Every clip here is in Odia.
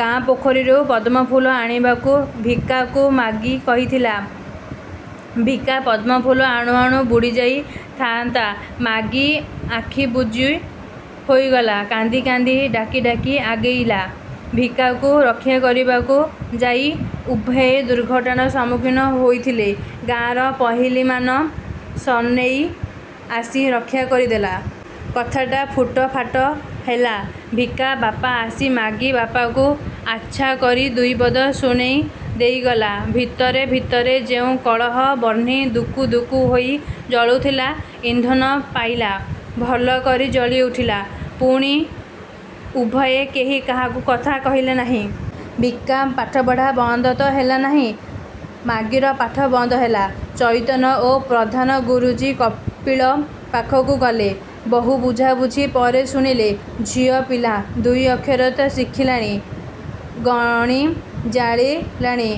ଗାଁ ପୋଖରୀରୁ ପଦ୍ମଫୁଲ ଆଣିବାକୁ ଭିକାକୁ ମାଗି କହିଥିଲା। ଭିକା ପଦ୍ମଫୁଲ ଆଣୁ ଆଣୁ ବୁଡ଼ିଯାଇ ଥାଆନ୍ତା, ମାଗି ଆଖି ବୁଜି ହୋଇଗଲା। କାନ୍ଦି କାନ୍ଦି ଡାକି ଡାକି ଆଗେଇଲା। ଭିକାକୁ ରକ୍ଷା କରିବାକୁ ଯାଇ ଉଭୟେ ଦୁର୍ଘଟଣାର ସମ୍ମୁଖୀନ ହୋଇଥିଲେ। ଗାଁର ପହିଲିମାନ ସନେଇ ଆସି ରକ୍ଷା କରିଦେଲା। କଥାଟା ଫୁଟ ଫାଟ ହେଲା। ଭିକା ବାପ ଆସି ମାଗି ବାପକୁ ଆଚ୍ଛା କରି ଦୁଇପଦ ଶୁଣାଇ ଦେଇଗଲା। ଭିତରେ ଭିତରେ ଯେଉଁ କଳହ ବହ୍ନି ଦୁକୁ ଦୁକୁ ହୋଇ ଜଳୁଥିଲା, ଇନ୍ଧନ ପାଇଲା, ଭଲ କରି ଜଳିଉଠିଲା। ପୁଣି ଉଭୟେ କେହି କାହାକୁ କଥା କହିଲେ ନାହିଁ। ଭିକା ପାଠପଢ଼ା ବନ୍ଦ ତ ହେଲା ନାହିଁ, ମାଗିର ପାଠ ବନ୍ଦ ହେଲା। ଚଇତନ ଓ ପ୍ରଧାନ ଗୁରୁଜୀ କପିଳ ପାଖକୁ ଗଲେ। ବହୁ ବୁଝା ବୁଝି ପରେ ଶୁଣିଲେ, ଝିଅ ପିଲା ଦୁଇ ଅକ୍ଷର ତ ଶିଖିଲାଣି, ଗଣି ଜାଣିଲାଣି,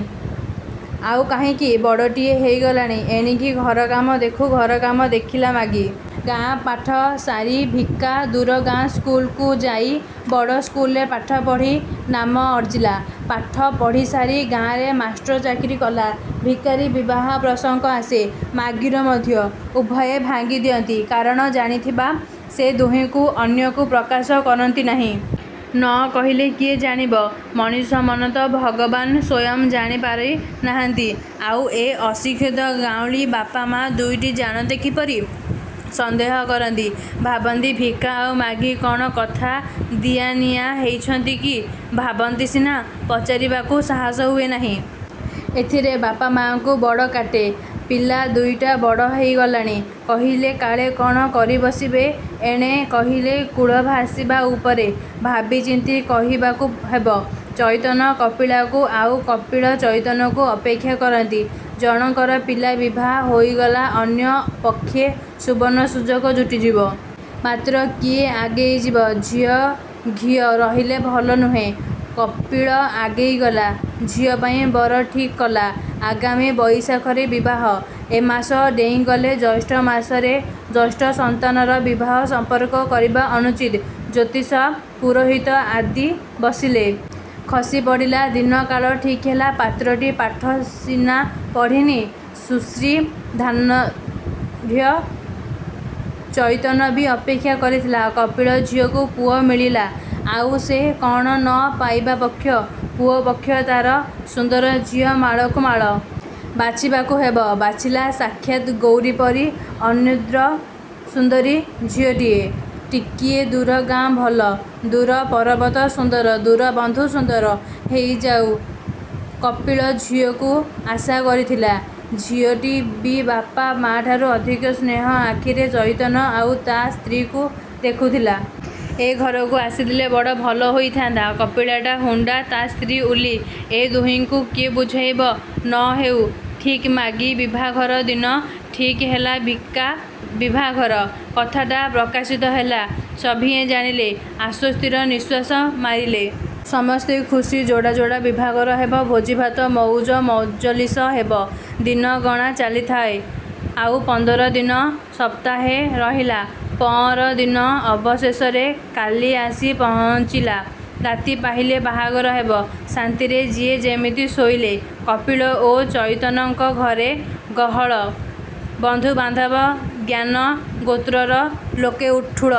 ଆଉ କାହିଁକି? ବଡ଼ଟିଏ ହେଇଗଲାଣି, ଏଣିକି ଘରକାମ ଦେଖୁ ଘରକାମ ଦେଖିଲା ମାଗି। ଗାଁ ପାଠ ସାରି ଭିକା ଦୂର ଗାଁ ସ୍କୁଲକୁ ଯାଇ ବଡ଼ ସ୍କୁଲରେ ପାଠପଢ଼ି ନାମ ଅର୍ଜିଲା। ପାଠ ପଢ଼ିସାରି ଗାଁରେ ମାଷ୍ଟ୍ର ଚାକିରୀ କଲା। ଭିକାରୀ ବିବାହ ପ୍ରସଙ୍ଗ ଆସେ। ମାଗିର ମଧ୍ୟ। ଉଭୟେ ଭାଙ୍ଗି ଦିଅନ୍ତି। କାରଣ ଜଣାଥିବା ସେ ଦୁହିଁଙ୍କୁ। ଅନ୍ୟକୁ ପ୍ରକାଶ କରନ୍ତି ନାହିଁ। ନ କହିଲେ କିଏ ଜାଣିବ! ମଣିଷ ମନ ତ, ଭଗବାନ ସ୍ୱୟଂ ଜାଣିପାରି ନାହାନ୍ତି, ଆଉ ଏ ଅଶିକ୍ଷିତ ଗାଉଁଲୀ ବାପ ମା ଦୁଇଟି ଜାଣନ୍ତେ କିପରି-? ସନ୍ଦେହ କରନ୍ତି। ଭାବନ୍ତି 'ଭିକା' ଆଉ 'ମାଗି' କ'ଣ କଥା ଦିଆନିଆ ହେଇଚନ୍ତି କି? ଭାବନ୍ତି ସିନା, ପଚାରିବାକୁ ସାହସ ହୁଏ ନାହିଁ। ଏଥିରେ ବାପ ମା'ଙ୍କୁ ବଡ଼ କାଟେ। ପିଲା ଦୁଇଟା ବଡ଼ ହେଇଗଲାଣି। କହିଲେ କାଳେ କ'ଣ କରିବସିବେ, ଏଣେ କହିଲେ କୁଳ ଭାସିବା ଉପରେ। ଭାବିଚିନ୍ତି କହିବାକୁ ହେବ। ଚଇତନ କପିଳକୁ ଆଉ କପିଳ ଚଇତନକୁ ଅପେକ୍ଷା କରନ୍ତି। ଜଣକର ପିଲା ବିଭା ହେଇଗଲା ଅନ୍ୟ ପକ୍ଷେ ସୁବର୍ଣ୍ଣ ସୁଯୋଗ ଜୁଟିଯିବ। ମାତ୍ର କିଏ ଆଗେଇ ଯିବ। 'ଝିଅ' 'ଘିଅ' ରହିଲେ ଭଲ ନୁହେଁ। କପିଳ ଆଗେଇ ଗଲା। ଝିଅ ପାଇଁ ବର ଠିକ୍ କଲା। ଆଗାମୀ ବଇଶାଖରେ ବିବାହ। ଏମାସ ଡେଇଁଗଲେ ଜ୍ୟେଷ୍ଠମାସରେ ଜ୍ୟେଷ୍ଠ ସନ୍ତାନର ବିବାହ ସମ୍ପର୍କ କରିବା ଅନୁଚିତ। ଜ୍ୟୋତିଷ, ପୁରୋହିତ ଆଦି ବସିଲେ। ଖଡ଼ି ପଡ଼ିଲା। ଦିନ କାଳ ଠିକ୍ ହେଲା। ପାତ୍ରଟି ପାଠ ସିନା ପଢ଼ିନି; ସୁଶ୍ରୀ, ଧନାଢ଼୍ୟ। ଚଇତନ ବି ଅପେକ୍ଷା କରିଥିଲା। କପିଳ ଝିଅକୁ ପୁଅ ମିଳିଲା, ଆଉ ସେ କ'ଣ ନ ପାଇବା ପକ୍ଷ? ପୁଅ ପକ୍ଷ ତାର। ସୁନ୍ଦର ଝିଅ ମାଳକୁ ମାଳ। ବାଛିବାକୁ ହେବ। ବାଛିଲା ସାକ୍ଷାତ୍ ଗୌରୀ ପରି ଅନିନ୍ଦ୍ୟସୁନ୍ଦରୀ ଝିଅଟିଏ। ଟିକିଏ ଦୂର ଗାଁ ଭଲ। ଦୂର ପରବତ ସୁନ୍ଦର, ଦୂର ବନ୍ଧୁ ସୁନ୍ଦର। ହେଇଯାଉ, କପିଳ ଝିଅକୁ ଆଶା କରିଥିଲା। ଝିଅଟି ବି ବାପ ମା'ଠାରୁ ଅଧିକ ସ୍ନେହ ଆଖିରେ ଚଇତନ ଆଉ ତା ସ୍ତ୍ରୀକୁ ଦେଖୁଥିଲା। ଏ ଘରକୁ ଆସିଥିଲେ ବଡ଼ ଭଲ ହୋଇଥାଆନ୍ତା। କପିଳଟା ହୁଣ୍ତା, ତା ସ୍ତ୍ରୀଟା ଉଲ୍ଲୀ। ଏ ଦୁହିଁଙ୍କୁ କିଏ ବୁଝାଇବ। ନ ହେଉ। ଠିକ୍ 'ମାଗି' ବିଭାଘର ଦିନ ଠିକ୍ ହେଲା ଭିକା ବିଭାଘର। କଥାଟା ପ୍ରକାଶିତ ହେଲା। ସଭିଏଁ ଜାଣିଲେ। ଆଶ୍ୱସ୍ତିର ନିଶ୍ୱାସ ମାରିଲେ। ସମସ୍ତେ ସୁଖୀ। ଯୋଡ଼ା ଯୋଡ଼ା ବିଭାଘର ହେବ। ଭୋଜି ଭାତ ମଉଜ ମଜଲିସ ହେବ। ଦିନ ଗଣା ଚାଲିଥାଏ। ଆଉ ପନ୍ଦର ଦିନ, ସପ୍ତାହେ ରହିଲା। ପଅରଦିନ, ଅବଶେଷରେ କାଲି ଆସି ପହଞ୍ଚିଲେ। ରାତି ପାହିଲେ ବାହାଘର ହବ। ଶାନ୍ତିରେ ଯିଏ ଯେମିତି ଶୋଇଲେ। କପିଳ ଓ ଚଇତନଙ୍କ ଘରେ ଗହଳ। ବନ୍ଧୁ ବାନ୍ଧବ, ଜ୍ଞାନ ଗୋତ୍ରର ଲୋକେ ଠୁଳ।